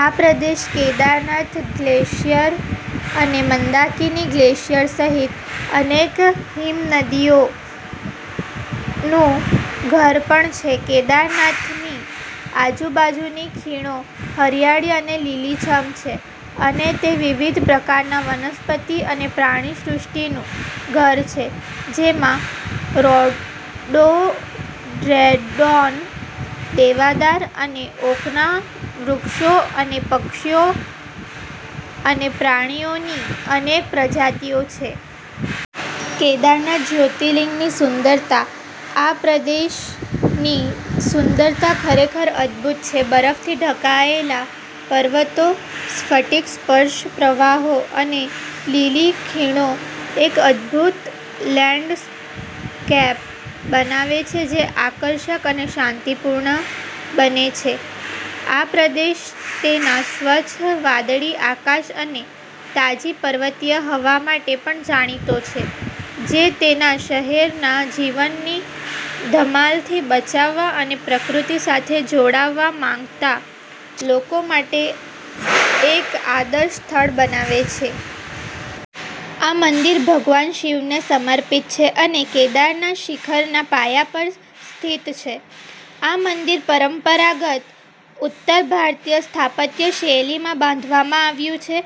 આ પ્રદેશ કેદારનાથ ગ્લેશિયર અને મંદાકિની ગ્લેશિયર સહિત અનેક હિમનદીઓનું ઘર પણ છે. કેદારનાથની આજુબાજુની ખીણો હરિયાળી અને લીલીછમ છે અને તે વિવિધ પ્રકારના વનસ્પતિ અને પ્રાણીસૃષ્ટિનું ઘર છે, જેમાં રોડોડેન્ડ્રોન, દેવદાર અને ઓકના વૃક્ષો અને પક્ષીઓ અને પ્રાણીઓની અનેક પ્રજાતિઓ છે. કેદારનાથ જ્યોતિર્લિંગની સુંદરતા આ પ્રદેશની સુંદરતા ખરેખર અદ્ભુત છે. બરફથી ઢંકાયેલા પર્વતો, સ્ફટિક-સ્પષ્ટ પ્રવાહો અને લીલી ખીણો એક અદભૂત લેન્ડસ્કેપ બનાવે છે જે આકર્ષક અને શાંતિપૂર્ણ બંને છે. આ પ્રદેશ તેના સ્વચ્છ વાદળી આકાશ અને તાજી પર્વતીય હવા માટે પણ જાણીતો છે, જે તેને શહેરના જીવનની ધમાલથી બચવા અને પ્રકૃતિ સાથે જોડાવા માંગતા લોકો માટે એક આદર્શ સ્થળ બનાવે છે. આ મંદિર ભગવાન શિવને સમર્પિત છે અને કેદારનાથ શિખરના પાયા પર સ્થિત છે. આ મંદિર પરંપરાગત ઉત્તર ભારતીય સ્થાપત્ય શૈલીમાં બાંધવામાં આવ્યું છે,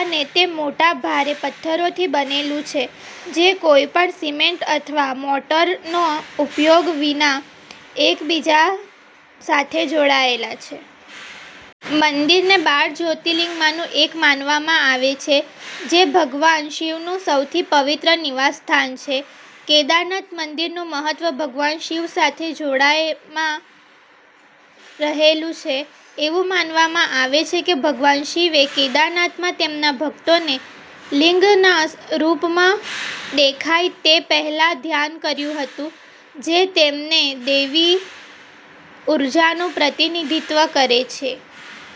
અને તે મોટા, ભારે પથ્થરોથી બનેલું છે જે કોઈપણ સિમેન્ટ અથવા મોર્ટારના ઉપયોગ વિના એકબીજા સાથે જોડાયેલા છે. મંદિરને બાર જ્યોતિર્લિંગોમાંનું એક માનવામાં આવે છે, જે ભગવાન શિવનું સૌથી પવિત્ર નિવાસસ્થાન છે. કેદારનાથ મંદિરનું મહત્વ ભગવાન શિવ સાથેના જોડાણમાં રહેલું છે. એવું માનવામાં આવે છે કે ભગવાન શિવે કેદારનાથમાં તેમના ભક્તોને લિંગના રૂપમાં દેખાયા તે પહેલાં ધ્યાન કર્યું હતું, જે તેમની દૈવી ઊર્જાનું પ્રતિનિધિત્વ કરે છે.